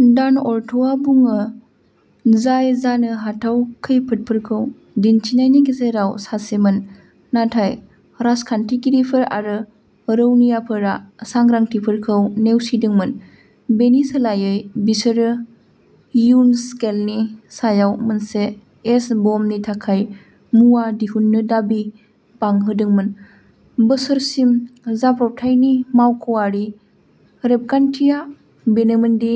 डानवर्थआ बुङो, जाय जानो हाथाव खैफोदफोरखौ दिन्थिनायनि गेजेराव सासेमोन। नाथाय राजखान्थिगिरिफोर आरो रौनियाफोरा सांग्रांथिफोरखौ नेवसिदोंमोन; बेनि सोलायै बिसोरो उइन्डस्केलनि सायाव मोनसे एच-बमनि थाखाय मुवा दिहुननो दाबि बांहोदोंमोन। बोसोरसिम, जाब्रबथायनि मावख'आरि रेबगान्थिया बेनोमोन दि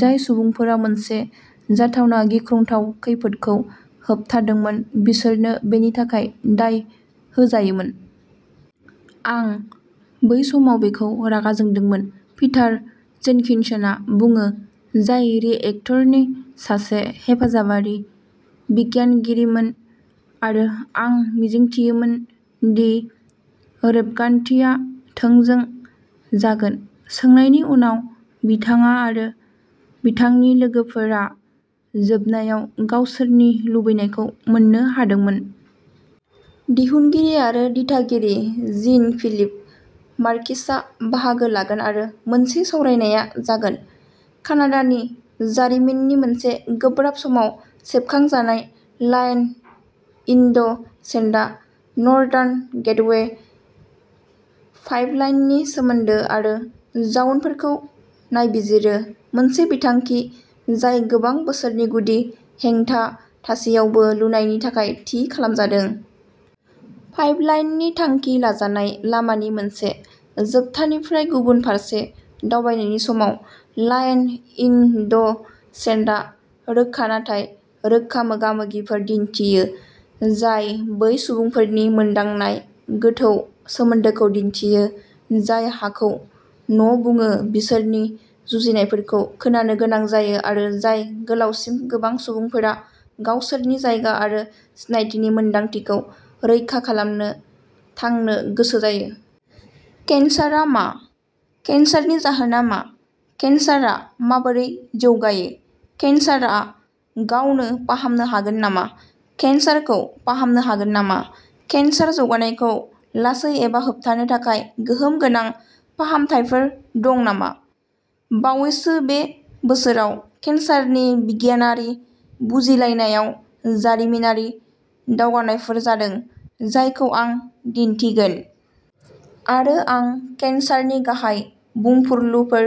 जाय सुबुंफोरा मोनसे जाथावना गिख्रंथाव खैफोदखौ होबथादोंमोन बिसोरनो बेनि थाखाय दाय होजायोमोन। "आं बै समाव बेखौ रागा जोंदोंमोन", पिटार जेनकिन्सनआ बुङो, जाय रिएक्टरनि सासे हेफाजाबारि बिगियानगिरिमोन, "आरो आं मिजिंथियोमोन दि रेबगान्थिया थोंजों जागोन। " सोंनायनि उनाव, बिथाङा आरो बिथांनि लोगोफोरा जोबनायाव गावसोरनि लुबैनायखौ मोन्नो हादोंमोन। दिहुनगिरि आरो दिथागिरि जीन-फिलिप मार्किसआ बाहागो लागोन आरो मोनसे सावरायनाया जागोन। कानाडानि जारिमिननि मोनसे गोब्राब समाव सेबखांजानाय, line in the सेन्डआ northern gateway पाइपलाइननि सोमोन्दो आरो जाउनफोरखौ नायबिजिरो-मोनसे बिथांखि जाय गोबां बोसोरनि गुदि हेंथा थासेयावबो लुनायनि थाखाय थि खालामजादों। पाइपलाइननि थांखि लाजानाय लामानि मोनसे जोबथानिफ्राय गुबुन फारसे दावबायनायनि समाव, लाइन इन द सेन्डआ रोखा नाथाय रोखा मोगा-मोगिफोर दिन्थियो, जाय बै सुबुंफोरनि मोनदांनाय गोथौ सोमोन्दोखौ दिन्थियो, जाय हाखौ न'बुङो, बिसोरनि जुजिनायफोरखौ खोनानो गोनां जायो, आरो जाय गोलावसिम गोबां सुबुंफोरा गावसोरनि जायगा आरो सिनायथिनि मोनदांथिखौ रैखा खालामनो थांनो गोसो जायो। केन्सारआ मा? केन्सारनि जाहोना मा? केन्सारआ माबोरै जौगायो? केन्सारआ गावनो फाहामनो हागोन नामा? केन्सारखौ फाहामनो हागोन नामा? केन्सार जौगानायखौ लासै एबा होबथानो थाखाय गोहोम गोनां फाहामथायफोर दं नामा? बावैसो बे बोसोराव केन्सारनि बिगियानारि बुजिलायनायाव जारिमिनारि दावगानायफोर जादों, जायखौ आं दिन्थिगोन। आरो आं केन्सारनि गाहाय बुंफुरलुफोर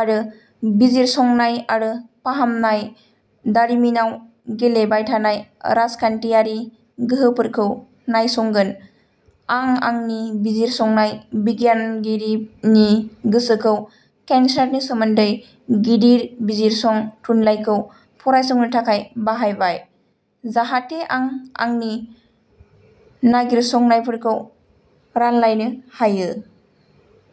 आरो बिजिरसंनाय आरो फाहामनाय दारिमिनाव गेलेबाय थानाय राजखान्थियारि गोहोफोरखौ नायसंगोन। आं आंनि बिजिरसंनाय बिगियानगिरिनि गोसोखौ केन्सारनि सोमोन्दै गिदिर बिजिरसं थुनलाइखौ फरायसंनो थाखाय बाहायबाय, जाहाथे आं आंनि नागिरसंनायफोरखौ रानलायनो हायो।